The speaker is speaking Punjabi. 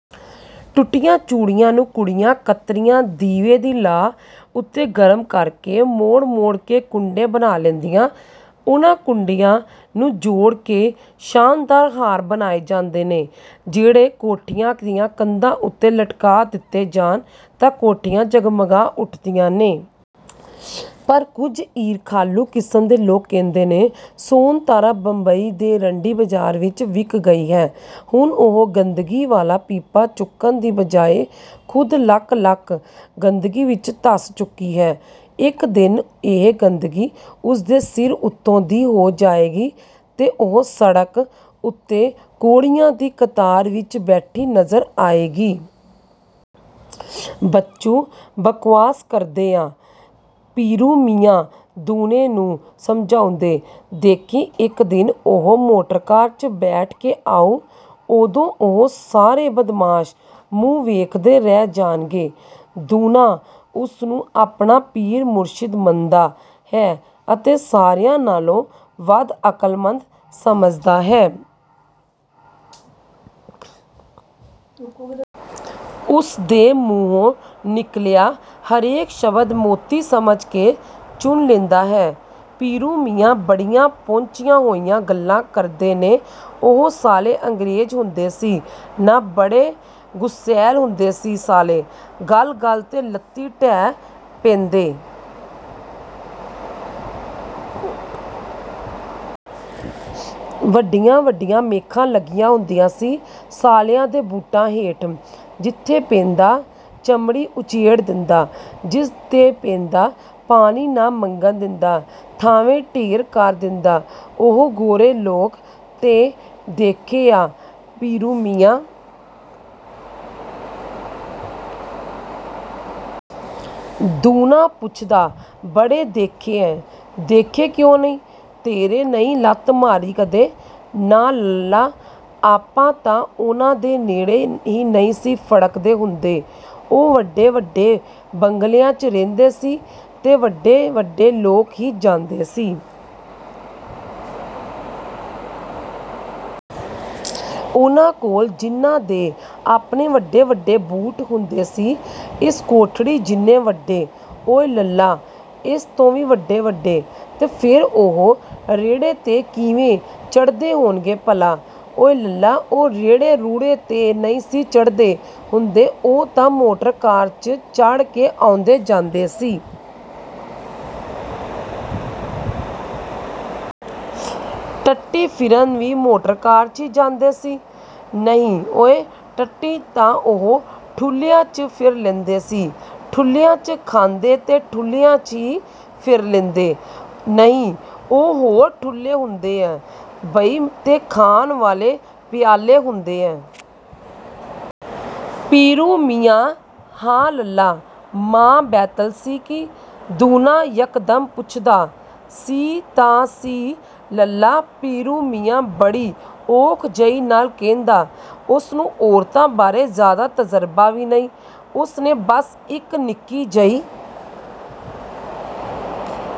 ਟੁੱਟੀਆਂ ਚੂੜੀਆਂ ਨੂੰ ਕੁੜੀਆਂ-ਕਤਰੀਆਂ ਦੀਵੇ ਦੀ ਲਾਅ ਉੱਤੇ ਗਰਮ ਕਰਕੇ, ਮੋੜ-ਮੋੜ ਕੇ ਕੁੰਡੇ ਬਣਾ ਲੈਂਦੀਆਂ। ਉਹਨਾਂ ਕੁੰਡਿਆਂ ਨੂੰ ਜੋੜ ਕੇ ਸ਼ਾਨਦਾਰ ਹਾਰ ਬਣਾਏ ਜਾਂਦੇ ਨੇ, ਜਿਹੜੇ ਕੋਠੀਆਂ ਦੀਆਂ ਕੰਧਾਂ ਉੱਤੇ ਲਟਕਾ ਦਿੱਤੇ ਜਾਣ ਤਾਂ ਕੋਠੀਆਂ ਜਗਮਗਾ ਉੱਠਦੀਆਂ ਨੇ। ਪਰ ਕੁਝ ਈਰਖਾਲੂ ਕਿਸਮ ਦੇ ਲੋਕ ਕਹਿੰਦੇ ਨੇ, ਸੋਨਤਾਰਾ ਬੰਬਈ ਦੇ ਰੰਡੀ-ਬਾਜ਼ਾਰ ਵਿੱਚ ਵਿਕ ਗਈ ਹੈ। ਹੁਣ ਉਹ ਗੰਦਗੀ ਵਾਲਾ ਪੀਪਾ ਚੁੱਕਣ ਦੀ ਬਜਾਏ ਖੁਦ ਲੱਕ-ਲੱਕ ਗੰਦਗੀ ਵਿੱਚ ਧਸ ਚੁੱਕੀ ਹੈ। ਇੱਕ ਦਿਨ ਇਹ ਗੰਦਗੀ ਉਸਦੇ ਸਿਰ ਉੱਤੋਂ ਦੀ ਹੋ ਜਾਏਗੀ ਤੇ ਉਹ ਸੜਕ ਉੱਤੇ ਕੋਹੜੀਆਂ ਦੀ ਕਤਾਰ ਵਿੱਚ ਬੈਠੀ ਨਜ਼ਰ ਆਏਗੀ। "ਬੱਚੂ, ਬਕਵਾਸ ਕਰਦੇ ਆ," ਪੀਰੂ ਮੀਆਂ ਦੂਣੇ ਨੂੰ ਸਮਝਾਉਂਦੇ, "ਦੇਖੀਂ ਇੱਕ ਦਿਨ ਉਹ ਮੋਟਰਕਾਰ 'ਚ ਬੈਠ ਕੇ ਆਊ, ਉਦੋਂ ਉਹ ਸਾਰੇ ਬਦਮਾਸ਼ ਮੂੰਹ ਵੇਖਦੇ ਰਹਿ ਜਾਣਗੇ।" ਦੂਣਾ ਉਸਨੂੰ ਆਪਣਾ ਪੀਰ-ਮੁਰਸ਼ਿਦ ਮੰਨਦਾ ਹੈ ਅਤੇ ਸਾਰਿਆਂ ਨਾਲੋਂ ਵੱਧ ਅਕਲਮੰਦ ਸਮਝਦਾ ਹੈ। ਉਸਦੇ ਮੂੰਹੋਂ ਨਿਕਲਿਆ ਹਰੇਕ ਸ਼ਬਦ ਮੋਤੀ ਸਮਝ ਕੇ ਚੁਣ ਲੈਂਦਾ ਹੈ। ਪੀਰੂ ਮੀਆਂ ਬੜੀਆਂ ਪਹੁੰਚੀਆਂ ਹੋਈਆਂ ਗੱਲਾਂ ਕਰਦੇ ਨੇ"ਉਹ ਸਾਲੇ ਅੰਗਰੇਜ਼ ਹੁੰਦੇ ਸੀ ਨਾ, ਬੜੇ ਗੁਸੈਲ ਹੁੰਦੇ ਸੀ ਸਾਲੇ। ਗੱਲ-ਗੱਲ 'ਤੇ ਲੱਤੀਂ ਡਹਿ ਪੈਂਦੇ। ਵੱਡੀਆਂ-ਵੱਡੀਆਂ ਮੇਖਾਂ ਲੱਗੀਆਂ ਹੁੰਦੀਆਂ ਸੀ ਸਾਲਿਆਂ ਦੇ ਬੂਟਾਂ ਹੇਠ; ਜਿੱਥੇ ਪੈਂਦਾ, ਚਮੜੀ ਉਚੇੜ ਦਿੰਦਾ। ਜਿਸ ਦੇ ਪੈਂਦਾ, ਪਾਣੀ ਨਾ ਮੰਗਣ ਦਿੰਦਾ ਥਾਂਵੇਂ ਢੇਰ ਕਰ ਦਿੰਦਾ।" "ਉਹ ਗੋਰੇ ਲੋਕ ਤੈਂ ਦੇਖੇ ਆ ਪੀਰੂ ਮੀਆਂ?" ਦੂਣਾ ਪੁੱਛਦਾ। "ਬੜੇ ਦੇਖੇ ਐ। ਦੇਖੇ ਕਿਉਂ ਨਹੀਂ।" "ਤੇਰੇ ਨਹੀਂ ਲੱਤ ਮਾਰੀ ਕਦੇ?" "ਨਾ ਲੱਲਾ, ਆਪਾਂ ਤਾਂ ਉਹਨਾਂ ਦੇ ਨੇੜੇ ਹੀ ਨਹੀਂ ਸੀ ਫੜਕਦੇ ਹੁੰਦੇ! ਉਹ ਵੱਡੇ-ਵੱਡੇ ਬੰਗਲਿਆਂ 'ਚ ਰਹਿੰਦੇ ਸੀ ਤੇ ਵੱਡੇ-ਵੱਡੇ ਲੋਕ ਹੀ ਜਾਂਦੇ ਸੀ। ਉਹਨਾਂ ਕੋਲ ਜਿਹਨਾਂ ਦੇ ਆਪਣੇ ਵੱਡੇ-ਵੱਡੇ ਬੂਟ ਪਾਏ ਹੁੰਦੇ ਸੀ।" "ਇਸ ਕੋਠੜੀ ਜਿੰਨੇ ਵੱਡੇ?" "ਓਏ ਲੱਲਾ, ਇਸ ਤੋਂ ਵੀ ਵੱਡੇ-ਵੱਡੇ।" "ਤੇ ਫਿਰ ਉਹ ਰੇੜ੍ਹੇ 'ਤੇ ਕਿਵੇਂ ਚੜ੍ਹਦੇ ਹੋਣਗੇ ਭਲਾ?" "ਓਇ ਲੱਲਾ, ਉਹ ਰੇੜ੍ਹੇ-ਰੂੜ੍ਹੇ 'ਤੇ ਨਹੀਂ ਸੀ ਚੜ੍ਹਦੇ ਹੁੰਦੇ ਉਹ ਤਾਂ ਮੋਟਰਕਾਰ 'ਚ ਚੜ੍ਹ ਕੇ ਆਉਂਦੇ-ਜਾਂਦੇ ਸੀ।" "ਟੱਟੀ ਫਿਰਨ ਵੀ ਮੋਟਰਕਾਰ 'ਚ ਹੀ ਜਾਂਦੇ ਸੀ?" "ਨਹੀਂ ਓਏ, ਟੱਟੀ ਤਾਂ ਉਹ ਠੁੱਲ੍ਹਿਆਂ 'ਚ ਫਿਰ ਲੈਂਦੇ ਸੀ" "ਠੁੱਲ੍ਹਿਆਂ 'ਚ ਖਾਂਦੇ ਤੇ ਠੁੱਲ੍ਹਿਆਂ 'ਚ ਹੀ ਫਿਰ ਲੈਂਦੇ?" "ਨਹੀਂ ਉਹ ਹੋਰ ਠੁੱਲ੍ਹੇ ਹੁੰਦੇ ਐ ਬਈ ਤੇ ਖਾਣ ਵਾਲੇ ਪਿਆਲੇ ਹੁੰਦੇ ਐ।" "ਪੀਰੂ ਮੀਆਂ?" "ਹਾਂ ਲੱਲਾ।" "ਮਾਂ ਬੈਤਲ ਸੀ ਕਿ?" ਦੂਣਾ ਯੱਕਦਮ ਪੁੱਛਦਾ। "ਸੀ-ਤਾਂ-ਸੀ, ਲੱਲਾ।" ਪੀਰੂ ਮੀਆਂ ਬੜੀ ਔਖ ਜਿਹੀ ਨਾਲ ਕਹਿੰਦਾ। ਉਸਨੂੰ ਔਰਤਾਂ ਬਾਰੇ ਜ਼ਿਆਦਾ ਤਜ਼ਰਬਾ ਵੀ ਨਹੀਂ, ਉਸਨੇ ਬਸ ਇੱਕ ਨਿੱਕੀ ਜਿਹੀ।